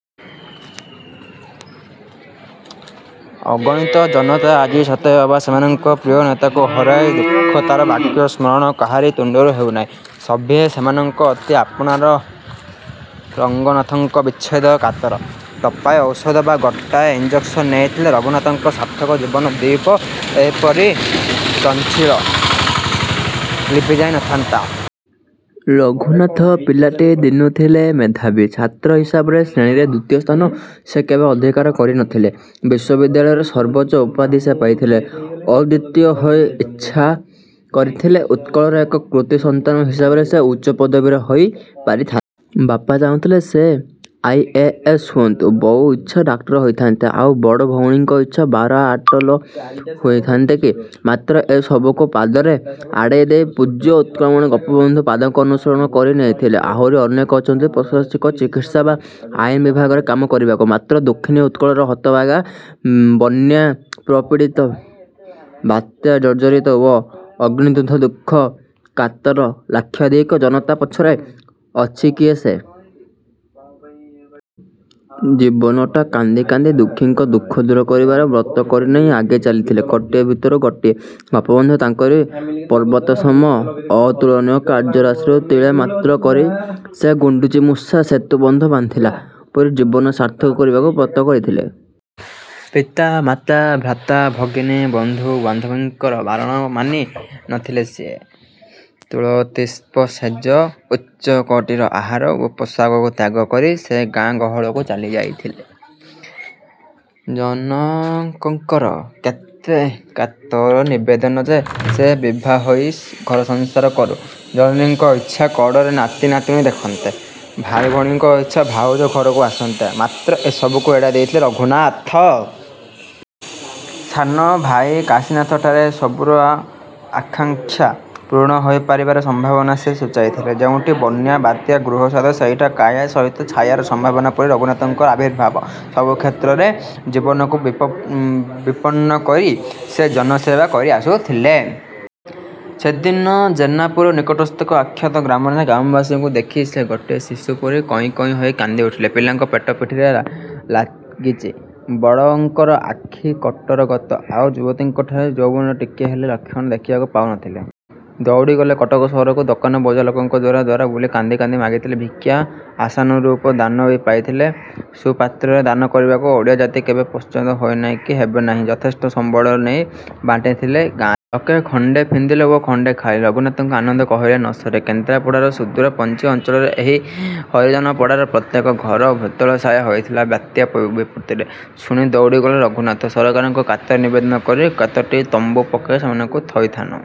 ଅଗଣିତ ଜନତା ଆଜି ସତେ ଅବା ସେମାନଙ୍କର ପ୍ରିୟ ନେତାଙ୍କୁ ହରାଇ ଦୁଃଖକାତର। ବାକ୍ୟ ସ୍ଫୁରଣ କାହାରି ତୁଣ୍ତରୁ ହେଉନାହିଁ। ସଭିଏଁ ସେମାନଙ୍କର ଅତି ଆପଣାର ରଙ୍ଗନାଥଙ୍କ ବିଚ୍ଛେଦରେ କାତର। ଟୋପାଏ ଔଷଧ ବା ଗୋଟାଏ ଇଞ୍ଜେକ୍ସନ ନେଇଥିଲେ ରଙ୍ଗନାଥଙ୍କର ସାର୍ଥକ ଜୀବନ-ଦୀପ ଏପରି ଚଞ୍ଚିଳ ଲିଭିଯାଇ ନ ଥାନ୍ତା। ରଙ୍ଗନାଥ ପିଲାଟି ଦିନୁ ଥିଲେ ମେଧାବୀ। ଛାତ୍ର ହିସାବରେ ଶ୍ରେଣୀରେ ଦ୍ୱିତୀୟ ସ୍ଥାନ ସେ କେବେ ଅଧିକାର କରି ନ ଥିଲେ। ବିଶ୍ୱବିଦ୍ୟାଳୟର ସର୍ବୋଚ୍ଚ ଉପାଧି ସେ ପାଇଥିଲେ ଅଦ୍ୱିତୀୟ ହୋଇ। ଇଚ୍ଛା କରିଥିଲେ ଉତ୍କଳର ଏକ କୃତି ସନ୍ତାନ ହିସାବରେ ସେ ଉଚ୍ଚ ପଦାଧିକାରୀ ହୋଇ ପାରିଥାନ୍ତେ। ବାପା ଚାହୁଁଥିଲେ ସେ ଆଇ. ଏ. ଏସ୍. ହୁଅନ୍ତୁ, ବୋଉଙ୍କ ଇଚ୍ଛା ଡାକ୍ତର ହୋଇଥାଆନ୍ତେ। ଆଉ ବଡ଼ ଭଉଣୀଙ୍କର ଇଚ୍ଛା ବାର-ଆଟ-ଲ ହୁଏନ୍ତେ କି! ମାତ୍ର ଏ ସବୁକୁ ସେ ପାଦରେ ଆଡ଼େଇ ଦେଇ ପୂଜ୍ୟ ଉତ୍କଳମଣି ଗୋପବନ୍ଧୁଙ୍କ ପଦାଙ୍କ ଅନୁସରଣ କରି ନେଇଥିଲେ। ଆହୁରି ଅନେକ ଅଛନ୍ତି ପ୍ରଶାସନିକ, ଚିକିତ୍ସା ବା ଆଇନ ବିଭାଗରେ କାମ କରିବାକୁ; ମାତ୍ର ଦୁଃଖୀନି ଉତ୍କଳର ହତଭାଗା ବନ୍ୟାପ୍ରପୀଡ଼ିତ, ବାତ୍ୟାଜର୍ଜରିତ ଓ ଅଗ୍ନିଦଗ୍ଧ ଦୁଃଖ କାତର ଲକ୍ଷାଧିକ ଜନତା ପଛରେ ଅଛି କିଏ ସେ? ଜୀବନଟା କାନ୍ଦି କାନ୍ଦି ଦୁଃଖୀଙ୍କ ଦୁଃଖ ଦୂର କରିବାର ବ୍ରତ କରିନେଇ ଆଗେଇ ଚାଲିଥିଲେ କୋଟିଏ ଭିତରୁ ଗୋଟିଏ, ଗୋପବନ୍ଧୁ। ତାଙ୍କରି ପର୍ବତସମ ଅତୁଳନୀୟ କାର୍ଯ୍ୟରାଶିରୁ ତିଳେ ମାତ୍ର କରି, ସେ ଗୁଣ୍ତିଚି ମୂଷା ସେତୁବନ୍ଧ ବାନ୍ଧିଲା ପରି ଜୀବନ ସାର୍ଥକ କରିବାକୁ ବ୍ରତ କରିଥିଲେ। ପିତା ମାତା, ଭ୍ରାତା ଭଗିନୀ, ବନ୍ଧୁ ବାନ୍ଧବଙ୍କ ବାରଣ ମାନି ନ ଥିଲେ ସିଏ। ତୁଳିତଳ୍ପ ଶେଯ, ଉଚ୍ଚକୋଟୀର ଆହାର ଓ ପୋଷାକକୁ ତ୍ୟାଗ କରି ସେ ଗାଁ ଗହଳକୁ ଚାଲିଯାଇଥିଲେ। ଜନକଙ୍କର କେତେ କାତର ନିବେଦନ ଯେ, ସେ ବିଭାହୋଇ ଘରସଂସାର କରୁ, ଜନନୀଙ୍କର ଇଚ୍ଛା କୋଡ଼ରେ ନାତି ନାତୁଣୀ ଦେଖନ୍ତେ, ଭାଇ ଭଉଣୀଙ୍କର ଇଚ୍ଛା ଭାଉଜ ଘରକୁ ଆସନ୍ତେ; ମାତ୍ର ଏ ସବୁକୁ ଏଡ଼ାଇ ଦେଇଥିଲେ ରଙ୍ଗନାଥ। ସାନ ଭାଇ କାଶୀନାଥଠାରେ ଏ ସବୁର ଆକାଙ୍କ୍ଷା ପୂରଣ ହୋଇ ପାରିବାର ସମ୍ଭାବନା ସେ ସୂଚାଇଥିଲେ। ଯେଉଁଠି ବନ୍ୟା, ବାତ୍ୟା, ଗୃହଦାହ; ସେଇଠି କାୟା ସହିତ ଛାୟାର ସମ୍ଭାବନା ପରି ରଙ୍ଗନାଥଙ୍କର ଆବିର୍ଭାବ। ସବୁ କ୍ଷେତ୍ରରେ ଜୀବନକୁ ବିପନ୍ନ କରି ସେ ଜନସେବା କରି ଆସୁଥିଲେ-। ସେ ଦିନ ଜେନାପୁର ନିକଟସ୍ଥ ଏକ ଅଖ୍ୟାତ ଗ୍ରାମର ଗ୍ରାମବାସୀଙ୍କୁ ଦେଖି ସେ ଗୋଟିଏ ଶିଶୁ ପରି କଇଁ କଇଁ ହୋଇ କାନ୍ଦିଉଠିଥିଲେ। ପିଲାଙ୍କ ପେଟ ପିଠିରେ ଲାଗିଚି, ବଡ଼ଙ୍କର ଆଖି କୋଟରଗତ, ଆଉ ଯୁବତୀଙ୍କଠାରେ ଯୌବନର ଟିକିଏ ହେଲେ ଲକ୍ଷଣ ସେ ଦେଖିବାକୁ ପାଉ ନ ଥିଲେ। ଦଉଡ଼ି ଗଲେ କଟକ ସହରକୁ। ଦୋକାନ, ବଜାର, ଲୋକଙ୍କ ଦ୍ୱାରା ଦ୍ୱାର ବୁଲି କାନ୍ଦି କାନ୍ଦି ମାଗିଥିଲେ ଭିକ୍ଷା। ଆଶାନୁରୂପ ଦାନ ବି ପାଇଥିଲେ। ସୁ-ପାତ୍ରରେ ଦାନ କରିବାକୁ ଓଡ଼ିଆ ଜାତି କେବେ ପଶ୍ଚାତ୍ପଦ ହୋଇନି କି ହେବ ନାହିଁ। ଯଥେଷ୍ଟ ସମ୍ବଳ ନେଇ ବାଣ୍ଟିଥିଲେ ଗାଁରେ-। ଲୋକେ ଖଣ୍ତେ ପିନ୍ଧିଲେ ଓ ଗଣ୍ତେ ଖାଇଲେ, ରଙ୍ଗନାଥଙ୍କ ଆନନ୍ଦ କହିଲେ ନ ସରେ। କେନ୍ଦ୍ରାପଡ଼ାର ସୁଦୂର ପଲ୍ଲୀ ଅଞ୍ଚଳର ଏକ ହରିଜନପଡ଼ାର ପ୍ରତ୍ୟେକ ଘର ଭୂତଳଶାୟୀ ହୋଇଥିଲା ବାତ୍ୟା ବିପତ୍ତିରେ। ଶୁଣି ଦଉଡ଼ି ଗଲେ ରଙ୍ଗନାଥ। ସରକାରଙ୍କୁ କାତର ନିବେଦନ କରି କେତୋଟି ତମ୍ବୁ ପକାଇ ସେମାନଙ୍କୁ ଥଇଥାନ